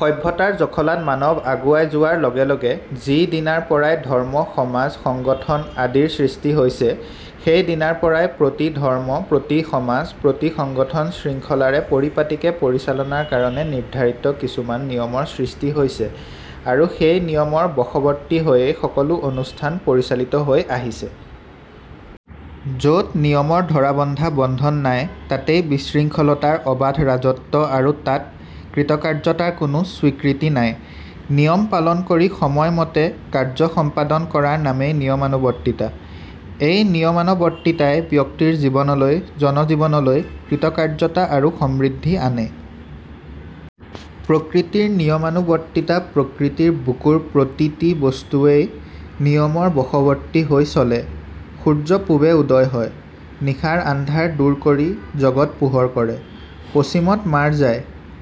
সভ্যতাৰ জখলাত মানৱ আগুৱাই যােৱাৰ লগে লগে যি দিনাৰপৰাই ধৰ্ম, সমাজ সংগঠন আদিৰ সৃষ্টি হৈছে, সেই দিনাৰপৰাই প্ৰতি ধৰ্ম, প্ৰতি সমাজ, প্ৰতি সংগঠন শৃংখলাৰে, পৰিপাটিকে পৰিচালনাৰ কাৰণে নিৰ্ধাৰিত কিছুমান নিয়মৰ সৃষ্টি হৈছে আৰু সেই নিয়মৰ বশৱৰ্তী হৈয়েই সকলাে অনুষ্ঠান পৰিচালিত হৈ আহিছে। যত নিয়মৰ ধৰা-বন্ধা বন্ধন নাই, তাতেই বিশৃংখলতাৰ অবাধ ৰাজত্ব আৰু তাত কৃতকাৰ্যতাৰ কোনাে স্বীকৃতি নাই। নিয়ম পালন কৰি সময়মতে কাৰ্য সম্পাদন কৰাৰ নামেই নিয়মানুৱৰ্তিতা। এই নিয়মানৱৰ্তিতাই ব্যক্তিৰ জীৱনলৈ, জনজীৱনলৈ কৃতকাৰ্যতা আৰু সমৃদ্ধি আনে। প্ৰকৃতিৰ নিয়মানুবৰ্তিতা প্ৰকৃতিৰ বুকুৰ প্ৰতিটি বস্তুৱেই নিয়মৰ বশৱৰ্তী হৈ চলে। সূৰ্য পূবে উদয় হয়; নিশাৰ আন্ধাৰ দূৰ কৰি জগৎ পােহৰ কৰে; পশ্চিমত মাৰ যায়;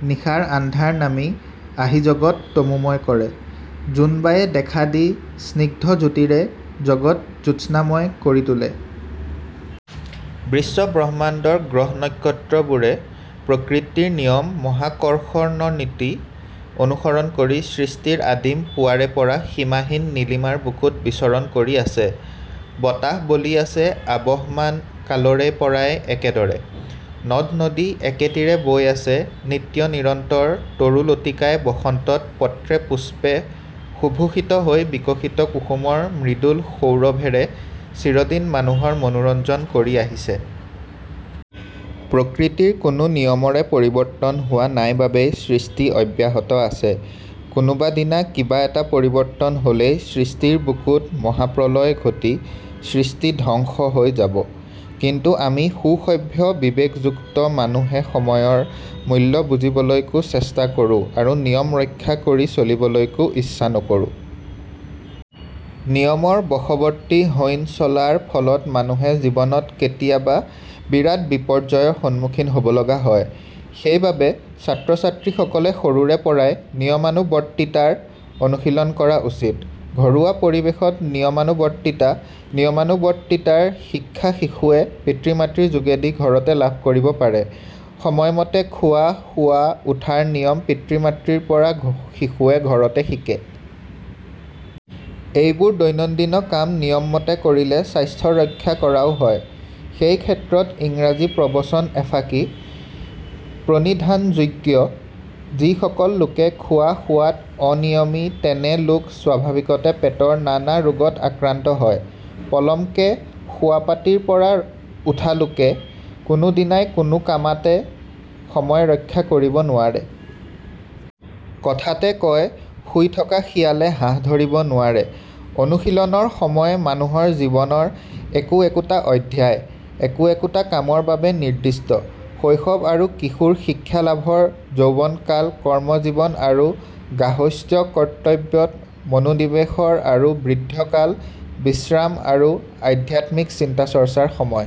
নিশাৰ আন্ধাৰ নামি আহিজগৎ তমােময় কৰে। জোনবায়ে দেখা দি স্নিগ্ধ জ্যোতিৰে জগৎ জ্যোৎস্নাময় কৰি তােলে। বিশ্ব ব্ৰহ্মাণ্ডৰ গ্ৰহ-নক্ষত্ৰবােৰে প্ৰকৃতিৰ নিয়ম, মহাকৰ্ষৰ্ণনীতি অনুসৰণ কৰি সৃষ্টিৰ আদিম পুৱাৰেপৰা সীমাহীন নীলিমাৰ বুকুত বিচৰণ কৰি আছে; বতাহ বলি আছে আবহমান কালৰেপৰাই একেদৰে। নদ-নদী একেতিৰে বৈ আছে নিত্য-নিৰন্তৰ তৰু-লতিকাই বসন্তত পত্ৰে-পুষ্পে সুশােভিত হৈ বিকশিত কুসুমৰ মৃদুল সৌৰভেৰে চিৰদিন মানুহৰ মনােৰঞ্জন কৰি আহিছে। প্ৰকৃতিৰ কোনাে নিয়মৰে পৰিৱৰ্তন হােৱা নাই বাবেই সৃষ্টি অব্যাহত আছে কোনােবাদিনা কিবা এটা পৰিৱৰ্তন হ'লেই সৃষ্টিৰ বুকুত মহাপ্ৰলয় ঘটি সৃষ্টি ধ্বংস হৈ যাব। কিন্তু আমি সুসভ্য, বিবেকযুক্ত মানুহেসময়ৰ মূল্য বুজিবলৈকো চেষ্টা কৰাে আৰু নিয়ম ৰক্ষা কৰি চলিবলৈকো ইচ্ছা নকৰাে। নিয়মৰ বশৱৰ্তী হৈনচলাৰ ফলত মানুহে জীৱনত কেতিয়াবা বিৰাট বিপৰ্যয়ৰ সন্মুখীন হ'বলগা হয়। সেইবাবে ছাত্ৰ-ছাত্ৰীসকলে সৰুৰেপৰাই নিয়মানুবৰ্তিতাৰ অনুশীলন কৰা উচিত। ঘৰুৱা পৰিৱেশত নিয়মানুবৰ্তিতা নিয়মানুবৰ্তিতাৰ শিক্ষা শিশুৱে পিতৃ-মাতৃৰ যােগেদি ঘৰতে লাভ কৰিব পাৰে। সময় মতে খােৱা, শােৱা, উঠাৰ নিয়ম পিতৃ-মাতৃৰপৰা শিশুৱে ঘৰতে শিকে। এইবােৰ দৈনন্দিন কাম নিয়ম মতে কৰিলে, স্বাস্থ্য ৰক্ষা কৰাও হয়। সেই ক্ষেত্ৰত ইংৰাজী প্ৰবচন এফাকি প্ৰণিধানযােগ্য- ",." যি সকল লােকে খােৱা-শােৱাত অনিয়মী, তেনে লােক স্বাভাৱিকতে পেটৰ নানা ৰোগত আক্ৰান্ত হয়। পলমকে শােৱাপাটীৰপৰা উঠা লােকে কোনােদিনাই কোনাে কামাতে সময় ৰক্ষা কৰিব নোৱাৰে। কথাতে কয়- "শুই থকা শিয়ালে হাঁহ ধৰিব নােৱাৰে। " অনুশীলনৰ সময় মানুহৰ জীৱনৰ একো একোটা অধ্যায়, একো একোটা কামৰ বাবে নিৰ্দিষ্ট। শৈশৱ আৰু কিশােৰ শিক্ষা লাভৰ যৌৱন কাল কৰ্মজীৱন আৰু গাহস্থ্য কৰ্তব্যত মনােনিৱেশৰ আৰু বৃদ্ধ কাল বিশ্ৰাম আৰু আধ্যাত্মিক চিন্তা-চৰ্চাৰ সময়।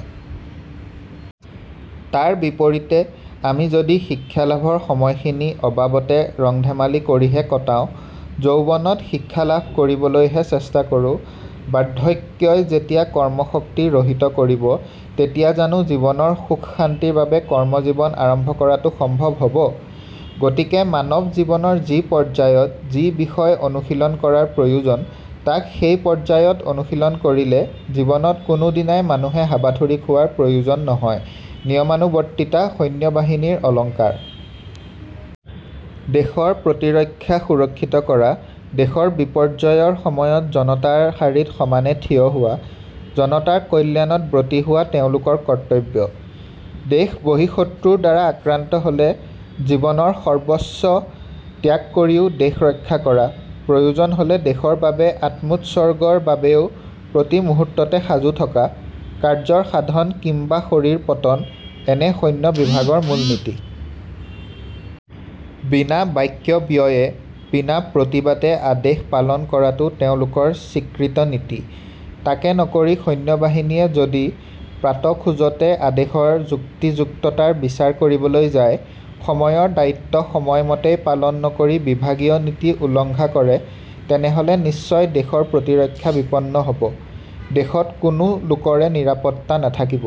তাৰ বিপৰীতে আমি যদি শিক্ষালাভৰ সময়খিনি অবাবতে ৰং-ধেমালি কৰিহে কটাওঁ; যৌৱনত শিক্ষা লাভ কৰিবলৈহে চেষ্টা কৰো; বাৰ্দ্ধক্যই যেতিয়া কৰ্মশক্তি ৰহিত কৰিব, তেতিয়া জানাে জীৱনৰ সুখ-শান্তিৰ বাবে কৰ্ম-জীৱন আৰম্ভ কৰাটো সম্ভৱ হ'ব? গতিকে মানৱ জীৱনৰ যি পৰ্যায়ত, যি বিষয় অনুশীলন কৰাৰ প্ৰয়ােজন, তাক সেই পৰ্যায়ত অনুশীলন কৰিলে জীৱনত কোনাে দিনাই মানুহে হাবাথুৰি খােৱাৰ প্ৰয়ােজন নহয়, নিয়মানুবৰ্তিতা সৈন্যবাহিনীৰ অলংকাৰ। দেশৰ প্ৰতিৰক্ষা সুৰক্ষিত কৰা, দেশৰ বিপৰ্যয়ৰ সময়ত জনতাৰ শাৰীত সমানে থিয় হােৱা, জনতাৰ কল্যাণত ব্ৰতী হােৱা তেওঁলােকৰ কৰ্তব্য। দেশ বহিঃশত্ৰুৰ দ্বাৰা আক্ৰান্ত হলে জীৱনৰ সৰ্বস্ব ত্যাগ কৰিও দেশ ৰক্ষা কৰা, প্ৰয়ােজন হলে দেশৰ বাবে আত্মােৎসৰ্গৰ বাবেও প্ৰতি মুহূৰ্ততে সাজু থকা, "কাৰ্যৰ সাধন কিম্বা শৰীৰ পতন" -এনে সৈন্য বিভাগৰ মূলনীতি। বিনা বাক্য ব্যয়ে, বিনা প্ৰতিবাদে আদেশ পালন কৰাটো তেওঁলােকৰ স্বীকৃত নীতি। তাকে নকৰি সৈন্যবাহিনীয়ে যদি প্ৰাত খােজতে আদেশৰ যুক্তি-যুক্ততাৰ বিচাৰ কৰিবলৈ যায়, সময়ৰ দায়িত্ব সময় মতেই পালন নকৰি বিভাগীয় নীতি উলংঘা কৰে, তেনেহ'লে নিশ্চয় দেশৰ প্ৰতিৰক্ষা বিপন্ন হ'ব; দেশত কোনাে লােকৰে নিৰাপত্তা নাথাকিব।